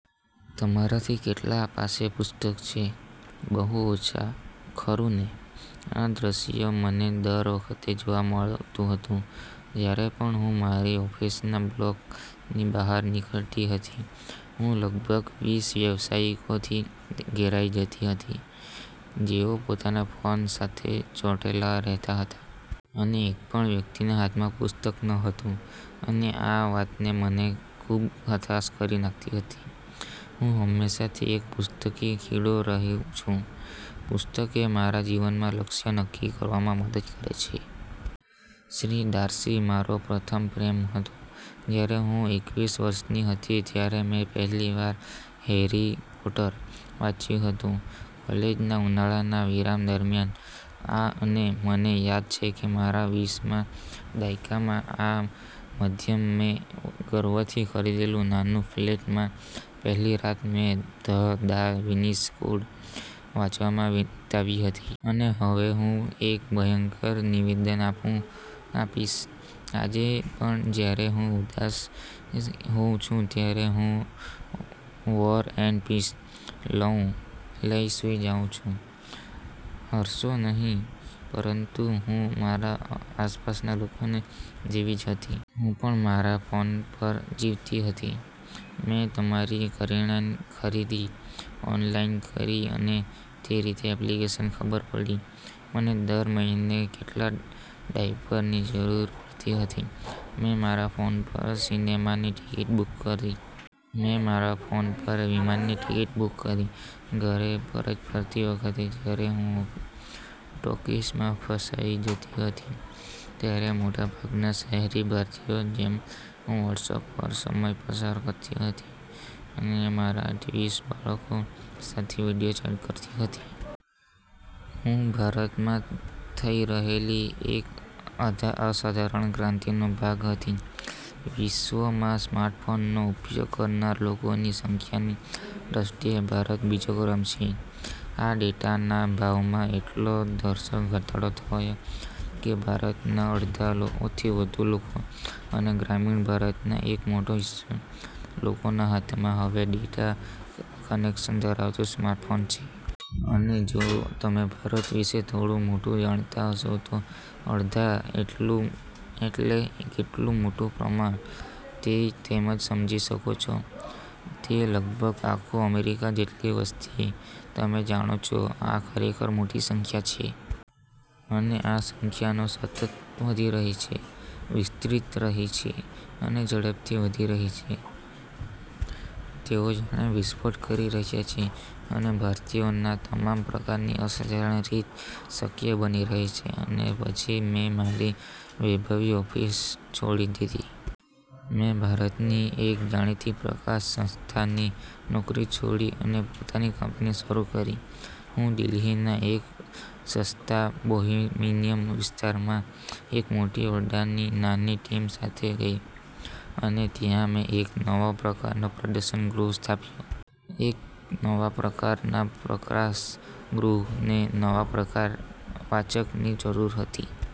તમારામાંથી કેટલા પાસે પુસ્તક છે? બહુ ઓછા, ખરું ને? આ જ દૃશ્ય મને દર વખતે જોવા મળતું હતું, જ્યારે પણ હું મારી ઓફિસના બ્લોકની બહાર નીકળતી હતી. હું લગભગ વીસ વ્યાવસાયિકોથી ઘેરાઈ જતી હતી, જેઓ પોતાના ફોન સાથે ચોંટેલા રહેતા હતા. અને એક પણ વ્યક્તિના હાથમાં પુસ્તક ન હતું. અને આ વાત મને ખૂબ, ખૂબ હતાશ કરતી હતી. હું હંમેશાથી એક પુસ્તકી કીડો રહી છું. પુસ્તકોએ મારા જીવનના લક્ષ્યો નક્કી કરવામાં મદદ કરી છે. શ્રી ડાર્સી મારો પ્રથમ પ્રેમ હતો. જ્યારે હું એકવીસ વર્ષની હતી, ત્યારે મેં પહેલી વાર “હેરી પોટર” વાંચ્યું હતું, કોલેજના ઉનાળાના વિરામ દરમિયાન. અને મને યાદ છે કે મારા વીસના દાયકાના મધ્યમાં મેં ગર્વથી ખરીદેલા નાના ફ્લેટમાં પહેલી રાત મેં “ધ દા વિન્સી કોડ” વાંચવામાં વિતાવી હતી. અને હવે હું એક ભયંકર નિવેદન આપીશ: આજે પણ જ્યારે હું ઉદાસ હોઉં છું, ત્યારે હું “વૉર એન્ડ પીસ” લઈને સૂઈ જાઉં છું. હસશો નહીં. પરંતુ હું પણ મારા આસપાસના લોકો જેવી જ હતી. હું પણ મારા ફોન પર જીવતી હતી. મેં મારી કરિયાણાની ખરીદી ઓનલાઈન કરી અને આ રીતે મારી એપ્લિકેશનને ખબર પડી કે મને દર મહિને કેટલા ડાયપરની જરૂર પડતી હતી. મેં મારા ફોન પર સિનેમાની ટિકિટ બુક કરી. મેં મારા ફોન પર વિમાની ટિકિટ બુક કરી. ઘરે પરત ફરતી વખતે, જ્યારે હું ટ્રાફિકમાં ફસાઈ જતી હતી, ત્યારે મોટાભાગના શહેરી ભારતીયોની જેમ હું વોટ્સએપ પર સમય પસાર કરતી હતી અને મારા ટ્વિસ બાળકો સાથે વિડિયો ચેટ કરતી હતી. હું ભારતમાં થઈ રહેલી એક અસાધારણ ક્રાંતિનો ભાગ હતી. વિશ્વમાં સ્માર્ટફોનનો ઉપયોગ કરનારા લોકોની સંખ્યાની દૃષ્ટિએ ભારત બીજા ક્રમે છે. અને ડેટાના ભાવમાં એટલો ધરખમ ઘટાડો થયો છે કે ભારતના અડધાથી વધુ લોકો અને ગ્રામીણ ભારતના એક મોટા હિસ્સાના લોકોના હાથમાં હવે ડેટા કનેક્શન ધરાવતો સ્માર્ટફોન છે. અને જો તમે ભારત વિશે થોડું પણ જાણતા હશો, તો અડધો એટલું એટલે કેટલું મોટું પ્રમાણ છે તે તમે સમજી શકો છો. તે લગભગ આખા અમેરિકા જેટલી વસ્તી તમે જાણો છો, આ ખરેખર મોટી સંખ્યા છે. અને આ સંખ્યાઓ સતત વધી રહી છે, વિસ્તરી રહી છે અને ઝડપથી વધી રહી છે. તેઓ જાણે વિસ્ફોટ કરી રહી છે. અને ભારતીયો તમામ પ્રકારની અસાધારણ રીતે સશક્ત બની રહ્યા છે. અને પછી મેં મારી વૈભવી ઓફિસ છોડી દીધી. મેં ભારતની એક જાણીતી પ્રકાશન સંસ્થાની નોકરી છોડી અને પોતાની કંપની શરૂ કરી. હું દિલ્હીના એક સસ્તા બોહેમિયન વિસ્તારમાં એક મોટા ઓરડામાં નાની ટીમ સાથે ગઈ. અને ત્યાં મેં એક નવા પ્રકારનું પ્રકાશન ગૃહ સ્થાપ્યું. એક નવા પ્રકારના પ્રકાશન ગૃહને નવા પ્રકારના વાચકની જરૂર હતી.